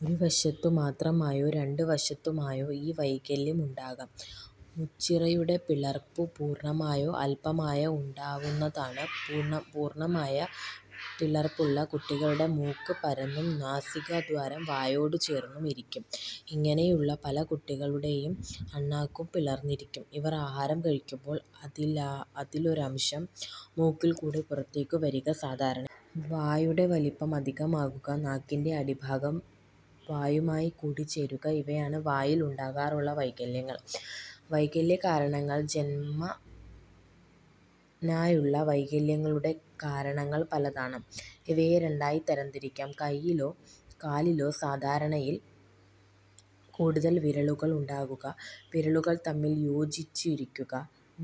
ഒരു വശത്തു മാത്രമായോ രണ്ടു വശത്തുമായോ ഈ വൈകല്യം ഉണ്ടാകാം. മുച്ചിറിയുടെ പിളർപ്പു പൂർണമായോ അല്പമായോ ഉണ്ടാകാവുന്നതാണ്. പൂർണമായ പിളർപ്പുള്ള കുട്ടികളുടെ മൂക്ക് പരന്നും നാസികാദ്വാരം വായോടുചേർന്നും ഇരിക്കും. ഇങ്ങനെയുള്ള പല കുട്ടികളുടെയും അണ്ണാക്കും പിളർന്നിരിക്കും. ഇവർ ആഹാരം കഴിക്കുമ്പോൾ അതിലൊരംശം മൂക്കിൽകൂടി പുറത്തേക്കു വരിക സാധാരണയാണ്. വായുടെ വലിപ്പം അധികമാകുക, നാക്കിന്റെ അടിഭാഗം വായുമായി കൂടിച്ചേരുക ഇവയാണ് വായിൽ ഉണ്ടാകാറുള്ള വൈകല്യങ്ങൾ. വൈകല്യകാരണങ്ങൾ. ജൻമനായുള്ള വൈകല്യങ്ങളുടെ കാരണങ്ങൾ പലതാണ്. ഇവയെ രണ്ടായി തരംതിരിക്കാം. കൈയിലോ കാലിലോ സാധാരണയിൽ കൂടുതൽ വിരലുകൾ ഉണ്ടാകുക, വിരലുകൾ തമ്മിൽ യോജിച്ചിരിക്കുക,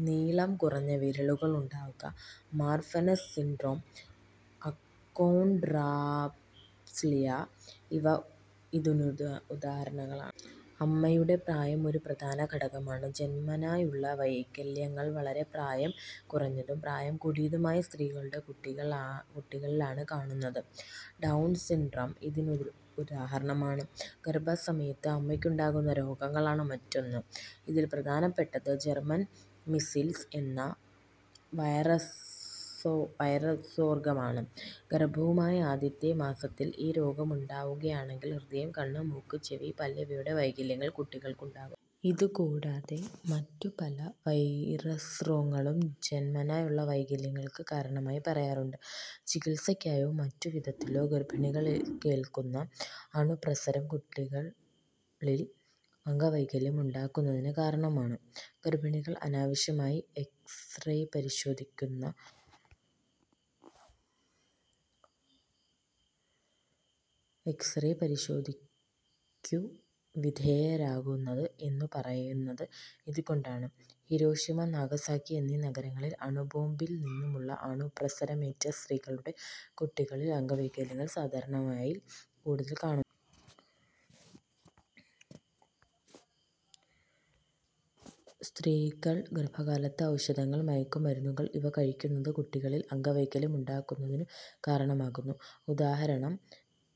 നീളം കുറഞ്ഞ വിരലുകൾ ഉണ്ടാകുക, മാർഫൻസ് സിൻഡ്രോം, അക്കോൺഡ്രോപ്ളാസിയ ഇവ ഇതിനുദാഹരണങ്ങളാണ്. അമ്മയുടെ പ്രായം ഒരു പ്രധാന ഘടകമാണ്. ജൻമനായുള്ള വൈകല്യങ്ങൾ വളരെ പ്രായം കുറഞ്ഞതും പ്രായം കൂടിയതുമായ സ്ത്രീകളുടെ കുട്ടികളിലാണ് കാണുന്നത്. Downs syndrome ഇതിനൊരുദാഹരണമാണ്. ഗർഭസമയത്ത് അമ്മയ്ക്കുണ്ടാകുന്ന രോഗങ്ങൾ ആണ് മറ്റൊന്ന് ഇതിൽ പ്രധാനപ്പെട്ടത് ജർമൻ മീസിൽസ് എന്ന വൈറസ്രോഗമാണ്. ഗർഭമുണ്ടായി ആദ്യത്തെ മാസത്തിൽ ഈ രോഗമുണ്ടാവുകയാണെങ്കിൽ ഹൃദയം, കണ്ണ്, മൂക്ക്, ചെവി, പല്ല് ഇവയുടെ വൈകല്യങ്ങൾ കുട്ടികളിലുണ്ടാകുന്നു. ഇതു കൂടാതെ മറ്റു പല വൈറസ്രോഗങ്ങളും ജൻമനായുള്ള വൈകല്യങ്ങൾക്ക് കാരണമായി പറയാറുണ്ട്. ചികിത്സയ്ക്കായോ മറ്റു വിധത്തിലോ ഗർഭിണികൾ ഏല്ക്കുന്ന അണുപ്രസരം കുട്ടികളിൽ അംഗവൈകല്യം ഉണ്ടാക്കുന്നതിന് കാരണമാണ്. ഗർഭിണികൾ അനാവശ്യമായി എക്സ്റേപരിശോധനയ്ക്കു വിധേയരാകരുത് എന്നു പറയുന്നത് ഇതുകൊണ്ടാണ്. ഹിരോഷിമ, നാഗസാക്കി എന്നീ നഗരങ്ങളിൽ അണുബോംബിൽനിന്നുമുള്ള അണുപ്രസരമേറ്റ സ്ത്രീകളുടെ കുട്ടികളിൽ അംഗവൈകല്യങ്ങൾ സാധാരണയിൽ കൂടുതൽ കാണുന്നു. സ്ത്രീകൾ ഗർഭകാലത്ത് ഔഷധങ്ങൾ, മയക്കുമരുന്നുകൾ ഇവ കഴിക്കുന്നത് കുട്ടികളിൽ അംഗവൈകല്യം ഉണ്ടാകുന്നതിനു കാരണമാകുന്നു. ഉദാഹരണം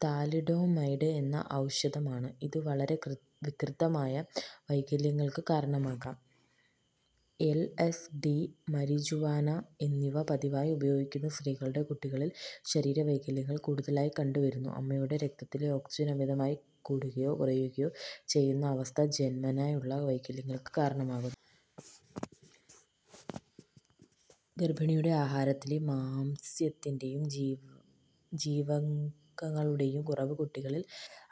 താലിഡോമൈഡ് എന്ന ഔഷധമാണ്. ഇതു വളരെ വികൃതമായ വൈകല്യങ്ങൾക്ക് കാരണമാകാം. എൽ. എസ്. ഡി., മരിജുവാന എന്നിവ പതിവായി ഉപയോഗിക്കുന്ന സ്ത്രീകളുടെ കുട്ടികളിൽ ശരീരവൈകല്യങ്ങൾ കൂടുതലായി കണ്ടുവരുന്നു. അമ്മയുടെ രക്തത്തിലെ ഓക്സിജൻ അമിതമായി കൂടുകയോ കുറയുകയോ ചെയ്യുന്ന അവസ്ഥ ജൻമനായുള്ള വൈകല്യങ്ങൾക്ക് കാരണമാകുന്നു. ഗർഭിണിയുടെ ആഹാരത്തിലെ മാംസ്യത്തിന്റെയും ജീവകങ്ങളുടെയും കുറവ് കുട്ടികളിൽ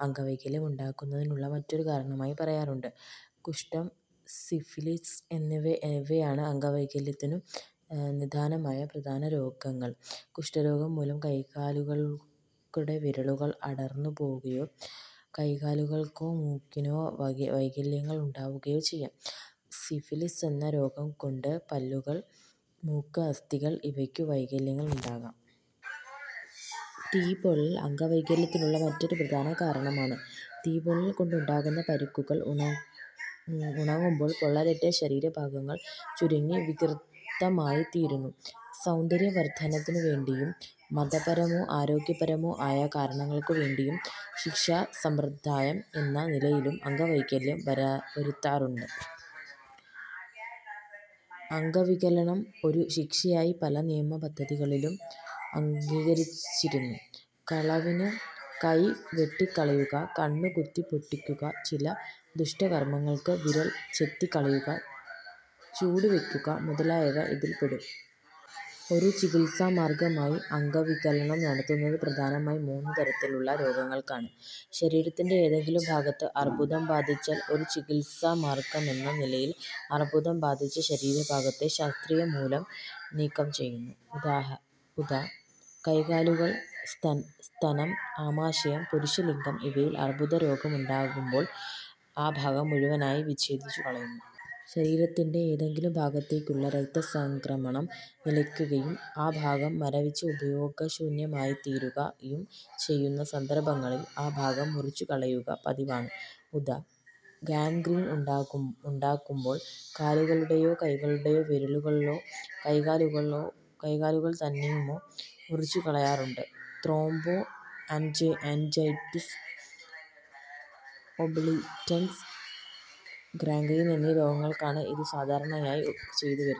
അംഗവൈകല്യം ഉണ്ടാകുന്നതിനുള്ള മറ്റൊരു കാരണമായി പറയാറുണ്ട്. കുഷ്ഠം, സിഫിലിസ് ഇവയാണ് അംഗവൈകല്യത്തിനു നിദാനമായ പ്രധാനരോഗങ്ങൾ. കുഷ്ഠരോഗം മൂലം കൈകാലുകളുടെ വിരലുകൾ അടർന്നുപോകുകയോ കൈകാലുകൾക്കോ മൂക്കിനോ വൈകല്യങ്ങൾ ഉണ്ടാവുകയോ ചെയ്യാം. സിഫിലിസ് എന്ന രോഗംകൊണ്ട് പല്ലുകൾ, മൂക്ക്, അസ്ഥികൾ ഇവയ്ക്കു വൈകല്യങ്ങൾ ഉണ്ടാകാം. തീപ്പൊള്ളൽ അംഗവൈകല്യത്തിനുള്ള മറ്റൊരു പ്രധാന കാരണമാണ്. തീപ്പൊള്ളൽകൊണ്ടുണ്ടാകുന്ന പരുക്കുകൾ ഉണങ്ങുമ്പോൾ പൊള്ളലേറ്റ ശരീരഭാഗങ്ങൾ ചുരുങ്ങി വികൃതമായിത്തീരുന്നു. സൌന്ദര്യവർദ്ധനവിനുവേണ്ടിയും മതപരമോ ആരോഗ്യപരമോ ആയ കാരണങ്ങൾക്കു വേണ്ടിയും ശിക്ഷാസമ്പ്രദായം എന്ന നിലയിലും അംഗവൈകല്യം വരുത്താറുണ്ട്. അംഗവികലനം ഒരു ശിക്ഷയായി പല നിയമപദ്ധതികളും അംഗീകരിച്ചിരുന്നു. കളവിന് കൈ വെട്ടിക്കളയുക, കണ്ണു കുത്തിപ്പൊട്ടിക്കുക, ചില ദുഷ്കർമങ്ങൾക്ക് വിരൽ ചെത്തിക്കളയുക, ചൂടുവയ്ക്കുക മുതലായവ ഇതിൽ പെടും. ഒരു ചികിത്സാമാർഗ്ഗമായി അംഗവികലനം നടത്തുന്നത് പ്രധാനമായി മൂന്നു തരത്തിലുളള രോഗങ്ങൾക്കാണ്. ശരീരത്തിന്റെ ഏതെങ്കിലും ഭാഗത്ത് അർബുദം ബാധിച്ചാൽ ഒരു ചികിത്സാമാർഗ്ഗമെന്ന നിലയിൽ അർബുദം ബാധിച്ച ശരീരഭാഗത്തെ ശസ്ത്രക്രിയ മൂലം നീക്കം ചെയ്യന്നു. ഉദാ. കൈകാലുകൾ, സ്തനം, ആമാശയം, പുരുഷലിംഗം ഇവയിൽ അർബുദരോഗമുണ്ടാകുമ്പോൾ ആ ഭാഗം മുഴുവനായി വിഛേദിച്ചു കളയുന്നു. ശരീരത്തിന്റെ ഏതെങ്കിലും ഭാഗത്തേക്കുള്ള രക്തസംക്രമണം നിലയ്ക്കുകയും ആ ഭാഗം മരവിച്ച് ഉപയോഗശൂന്യമായിത്തീരുകയും ചെയ്യുന്ന സന്ദർഭങ്ങളിൽ ആ ഭാഗം മുറിച്ചുകളയുക പതിവാണ്. ഉദാ. ഗാൻഗ്രീൻ ഉണ്ടാകുമ്പോൾ കാലുകളുടെയോ കൈകളുടെയോ വിരലുകളോ കൈകാലുകൾതന്നെയുമോ മുറിച്ചുകളയാറുണ്ട്. ത്രോംബോ അൻജൈറ്റിസ് ഒബിളിറ്ററൻസ് ആർടീരിയോസ്ക്ളീറോട്ടിക് ഗാൻഗ്രീൻ എന്നീ രോഗങ്ങൾക്കാണ് ഇതു സാധാരണയായി ചെയ്തുവരുന്നത്.